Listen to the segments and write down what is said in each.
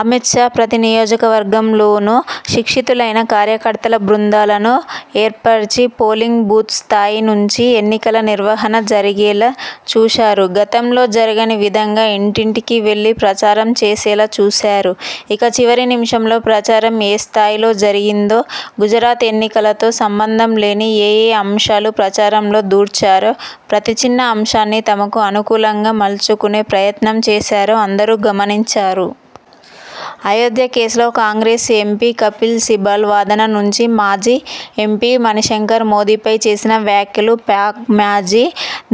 అమిత్ షా ప్రతి నియోజకవర్గంలోనూ శిక్షితులైన కార్యకర్తల బృందాలను ఏర్పర్చి పోలింగ్ బూత్ స్థాయి నుంచి ఎన్నికల నిర్వహణ జరిగేలా చూశారు. గతంలో జరగని విధంగా ఇంటింటికి వెళ్లి ప్రచారం చేసేలా చూశారు. ఇక చివరి నిమిషంలో ప్రచారం ఏ స్థాయిలో జరిగిందో, గుజరాత్ ఎన్నికలతో సంబంధంలేని ఏఏ అంశాలు ప్రచారంలో దూర్చారో, ప్రతి చిన్న అంశాన్నీ తమకు అనుకూలంగా మలుచుకునే ప్రయత్నం చేశారో అందరూ గమనించారు. అయోధ్య కేసులో కాంగ్రెస్ ఎంపీ కపిల్ సిబాల్ వాదన నుంచి మాజీ ఎంపీ మణిశంకర్ మోదీపై చేసిన వ్యాఖ్యలు, పాక్ మాజీ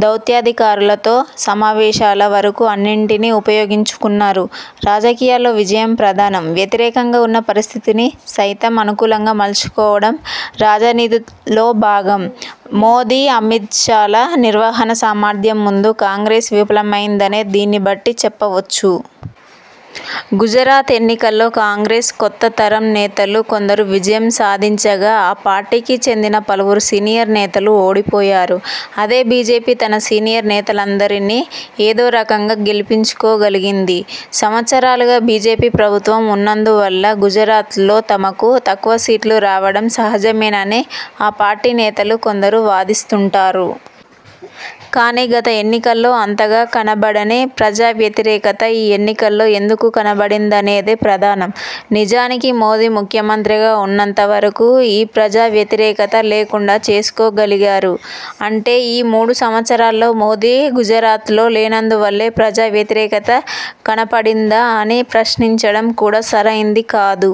దౌత్యాధికారులతో సమావేశాల వరకూ అన్నిటినీ ఉపయోగించుకున్నారు. రాజకీయాల్లో విజయం ప్రధానం. వ్యతిరేకంగా ఉన్న పరిస్థితిని సైతం అనుకూలంగా మలుచుకోవడం రాజనీతిలో భాగం. మోదీ, అమిత్ షాల నిర్వహణ సామర్థ్యం ముందు కాంగ్రెస్ విఫలమైందనే దీన్నిబట్టి చెప్పవచ్చు. గుజరాత్ ఎన్నికల్లో కాంగ్రెస్ కొత్త తరం నేతలు కొందరు విజయం సాధించగా, ఆ పార్టీకి చెందిన పలువురు సీనియర్ నేతలు ఓడిపోయారు. అదే బీజేపీ తన సీనియర్ నేతలందరినీ ఏదో రకంగా గెలిపించుకోగలిగింది. సంవత్సరాలుగా బీజేపీ ప్రభుత్వం ఉన్నందువల్ల గుజరాత్లో తమకు తక్కువ సీట్లు రావడం సహజమేనని ఆ పార్టీ నేతలు కొందరు వాదిస్తుంటారు. కాని గత ఎన్నికల్లో అంతగా కనపడని ప్రజా వ్యతిరేకత ఈ ఎన్నికల్లో ఎందుకు కనపడిందనేదే ప్రధానం. నిజానికి మోదీ ముఖ్యమంత్రిగా ఉన్నంతవరకూ ఈ ప్రజా వ్యతిరేకత లేకుండా చేసుకోగలిగారు. అంటే ఈ మూడు సంవత్సరాల్లో మోదీ గుజరాత్లో లేనందువల్లే ప్రజా వ్యతిరేకత కనపడిందా అని ప్రశ్నించడం కూడా సరైంది కాదు.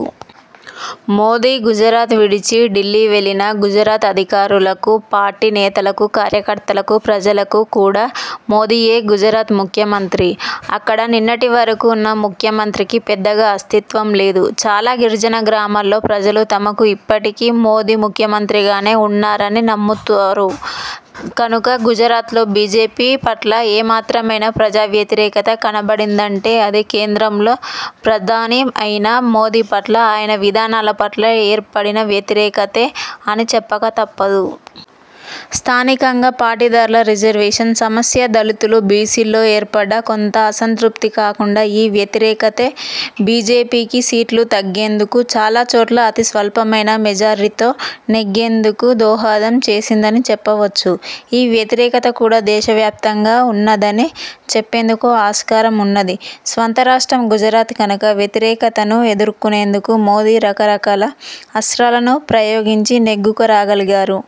మోదీ గుజరాత్ విడిచి ఢిల్లీ వెళ్లినా గుజరాత్ అధికారులకు, పార్టీ నేతలకు, కార్యకర్తలకు, ప్రజలకు కూడా మోదీయే గుజరాత్ ముఖ్యమంత్రి. అక్కడ నిన్నటివరకూ ఉన్న ముఖ్యమంత్రికి పెద్దగా అస్తిత్వం లేదు. చాలా గిరిజన గ్రామాల్లో ప్రజలు తమకు ఇప్పటికీ మోదీ ముఖ్యమంత్రిగానే ఉన్నారని నమ్ముతారు. కనుక గుజరాత్లో బీజేపీ పట్ల ఏమాత్రమైనా ప్రజా వ్యతిరేకత కనపడిందంటే అది కేంద్రంలో ప్రధానిఅయిన మోదీ పట్ల, ఆయన విధానాల పట్ల ఏర్పడిన వ్యతిరేకతే అని చెప్పక తప్పదు. స్థానికంగా పాటీదార్ల రిజర్వేషన్ సమస్య, దళితులు, బీసీల్లో ఏర్పడ్డ కొంత అసంతృప్తి కాకుండా ఈ వ్యతిరేకతే బీజేపీకి సీట్లు తగ్గేందుకు, చాలా చోట్ల అతి స్వల్పమైన మెజారిటీతో నెగ్గేందుకు దోహదం చేసిందని చెప్పవచ్చు. ఈ వ్యతిరేకత కూడా దేశవ్యాప్తంగా ఉన్నదని చెప్పేందుకు ఆస్కారం ఉన్నది. స్వంత రాష్ట్రం గుజరాత్ కనుక వ్యతిరేకతను ఎదుర్కొనేందుకు మోదీ రకరకాల అస్త్రాలను ప్రయోగించి నెగ్గుకురాగలిగారు.